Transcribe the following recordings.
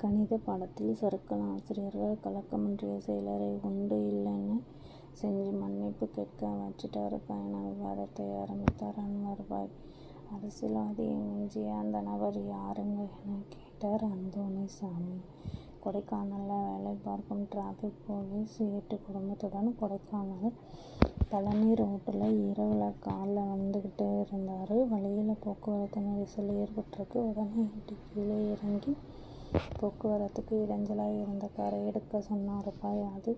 கணிதப் பாடத்தில் சறுக்கல் ஆசிரியர்கள் கலக்கம் ஒன்றியச் செயலரை உண்டு இல்லைன்னு செஞ்சு மன்னிப்பு கேட்க வச்சிட்டாரு பா என விவாதத்தை ஆரம்பித்தார் அன்வர்பாய். அரசியல்வாதியை மிஞ்சிய அந்த நபர் யாருங்க எனக் கேட்டார் அந்தோணிசாமி. கொடைக்கானல்ல வேலை பார்க்கும் டிராபிக் போலீஸ் ஏட்டு குடும்பத்துடன் கொடைக்கானல் பழனி ரோடுல இரவுல கார்ல வந்துகிட்டு இருந்தாரு வழியில போக்குவரத்து நெரிசல் ஏற்பட்டுருக்கு உடனே ஏட்டு கீழே இறங்கி போக்குவரத்துக்கு இடைஞ்சலா இருந்த காரை எடுக்கச் சொன்னாரு பா அது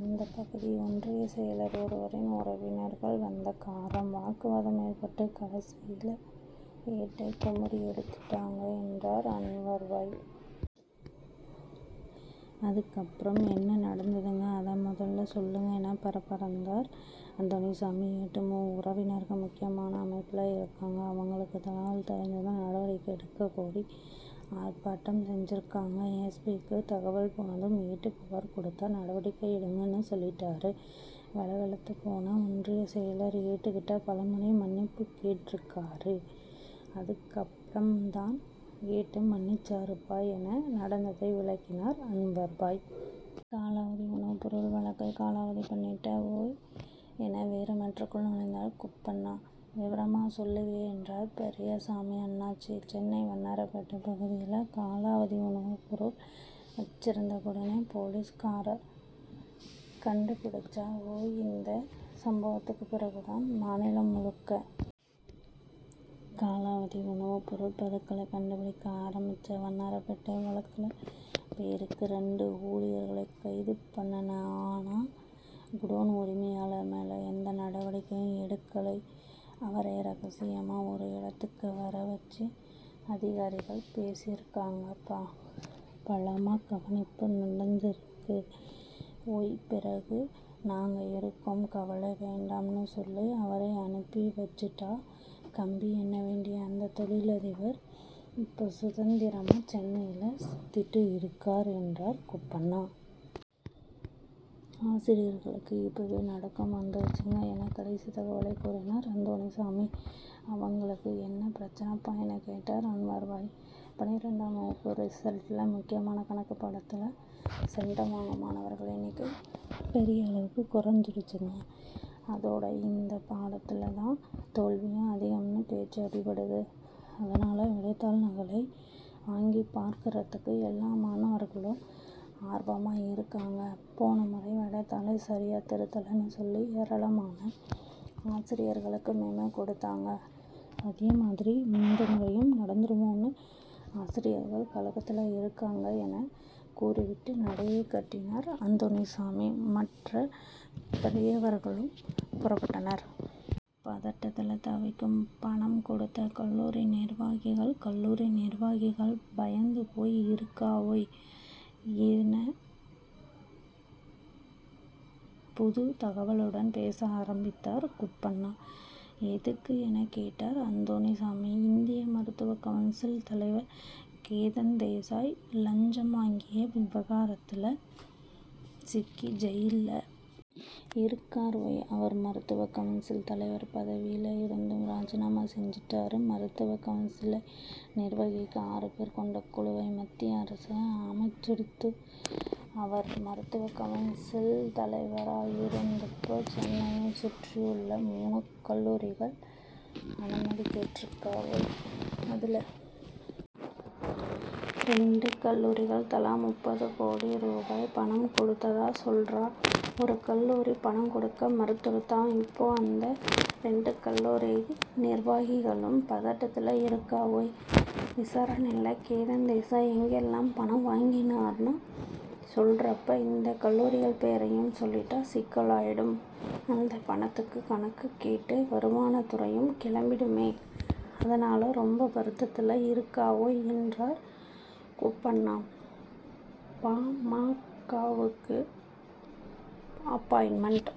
அந்தப் பகுதி ஒன்றியச் செயலர் ஒருவரின் உறவினர்கள் வந்த காராம் வாக்குவாதம் ஏற்பட்டு கடைசியில ஏட்டை குமுறி எடுத்துட்டாங்க என்றார் அன்வர்பாய். அதுக்கப்பறம் என்ன நடந்ததுங்க அதை முதல்ல சொல்லுங்க என பரபரத்தார் அந்தோணிசாமி. ஏட்டு உறவினர்கள் முக்கியமான அமைப்புல இருக்காங்க அவங்களுக்கு தகவல் தெரிஞ்சதும் நடவடிக்கை எடுக்கக் கோரி ஆர்ப்பாட்டம் செஞ்சிருக்காங்க எஸ். பி.க்கு தகவல் போனதும் ஏட்டு புகார் கொடுத்தா நடவடிக்கை எடுங்கன்னு சொல்லிட்டாரு வெல வெலத்துப்போன ஒன்றியச் செயலர் ஏட்டுகிட்ட பலமுறை மன்னிப்பு கேட்டுருக்காரு அதுக்கப்பறம் தான் ஏட்டு மன்னிச்சாரு பா என நடந்ததை விளக்கினார் அன்வர்பாய். காலாவதி உணவுப்பொருள் வழக்கை காலாவதி பண்ணிட்டா ஓய் என வேறு மேட்டருக்குள் நுழைந்தார் குப்பண்ணா. விவரமா சொல்லு வே என்றார் பெரியசாமி அண்ணாச்சி. சென்னை வண்ணாரப்பேட்டை பகுதியில காலாவதி உணவுப்பொருள் வைச்சிருந்த குடோனை போலீஸ்காரா கண்டுபிடிச்சா ஓய் இந்த சம்பவத்துக்கு பிறகு தான் மாநிலம் முழுக்க காலாவதி உணவுப்பொருள் பதுக்கலை கண்டுபிடிக்க ஆரம்பிச்சா வண்ணாரப்பேட்டை வழக்குல பேருக்கு ரெண்டு ஊழியர்களை கைது பண்ணினா ஆனா குடோன் உரிமையாளர் மேல எந்த நடவடிக்கையும் எடுக்கலை அவரை ரகசியமா ஒரு இடத்துக்கு வரவைச்சு அதிகாரிகள் பேசியிருக்கா அப்ப பலமா கவனிப்பு நடந்திருக்கு ஓய் பிறகு நாங்க இருக்கோம் கவலை வேண்டாம்னு சொல்லி அவரை அனுப்பி வைச்சிட்டா கம்பி எண்ண வேண்டிய அந்த தொழிலதிபர் இப்ப சுதந்திரமா சென்னையில சுத்திட்டு இருக்கார் என்றார் குப்பண்ணா. ஆசிரியர்களுக்கு இப்பவே நடுக்கம் வந்துருச்சுங்க என கடைசி தகவலை கூறினார் அந்தோணிசாமி. அவங்களுக்கு என்ன பிரச்னை பா எனக் கேட்டார் அன்வர்பாய். பனிரெண்டாம் வகுப்பு ரிசல்ட்ல முக்கியமான கணக்குப் பாடத்துல சென்டம் வாங்கும் மாணவர்கள் எண்ணிக்கை பெரிய அளவுக்கு குறைஞ்சிடுச்சுங்க அதோட இந்தப் பாடத்துல தான் தோல்வியும் அதிகம்னு பேச்சு அடிபடுது அதனால விடைத்தாள் நகலை வாங்கிப் பார்க்கறதுக்கு எல்லா மாணவர்களும் ஆர்வமா இருக்காங்க போன முறை விடைத்தாளை சரியா திருத்தலைன்னு சொல்லி ஏராளமான ஆசிரியர்களுக்கு மெமோ கொடுத்தாங்க அதேமாதிரி இந்த முறையும் நடந்துடுமோன்னு ஆசிரியர்கள் கலக்கத்துல இருக்காங்க என கூறிவிட்டு நடையைக் கட்டினார் அந்தோணிசாமி மற்ற பெரியவர்களும் புறப்பட்டனர். பதட்டத்தில தவிக்கும் பணம் கொடுத்த கல்லூரி நிர்வாகிகள் கல்லூரி நிர்வாகிகள் பயந்து போய் இருக்கா ஓய் என புது தகவலுடன் பேச ஆரம்பித்தார் குப்பண்ணா. எதுக்கு எனக் கேட்டார் அந்தோணிசாமி. இந்திய மருத்துவக் கவுன்சில் தலைவர் கேதன் தேசாய் லஞ்சம் வாங்கிய விவகாரத்துல சிக்கி ஜெயில்ல இருக்கார் ஓய் அவர் மருத்துவக் கவுன்சில் தலைவர் பதவியில இருந்தும் ராஜினாமா செஞ்சுட்டாரு மருத்துவக் கவுன்சிலை நிர்வகிக்க ஆறு பேர் கொண்ட குழுவை மத்திய அரசு அமைச்சிடுத்து அவர் மருத்துவக் கவுன்சில் தலைவரா இருந்தப்ப சென்னையைச் சுற்றியுள்ள மூணு கல்லூரிகள் அனுமதி கேட்டிருக்கா ஓய் அதுல ரெண்டு கல்லூரிகள் தலா முப்பது கோடி ரூபாய் பணம் கொடுத்ததா சொல்றா ஒரு கல்லூரி பணம் கொடுக்க மறுத்துடுத்தாம் இப்ப அந்த ரெண்டு கல்லூரி நிர்வாகிகளும் பதட்டத்துல இருக்கா ஓய் விசாரணையில கேதன் தேசாய் எங்கெல்லாம் பணம் வாங்கினார்னு சொல்றப்ப இந்த கல்லூரிகள் பேரையும் சொல்லிட்டா சிக்கலாயிடும் அந்தப் பணத்துக்கு கணக்கு கேட்டு வருமானத் துறையும் கிளம்பிடுமே அதனால ரொம்ப வருத்தத்துல இருக்கா ஓய் என்றார் குப்பண்ணா. பா. ம. க.வுக்கு அப்பாயின்மென்ட்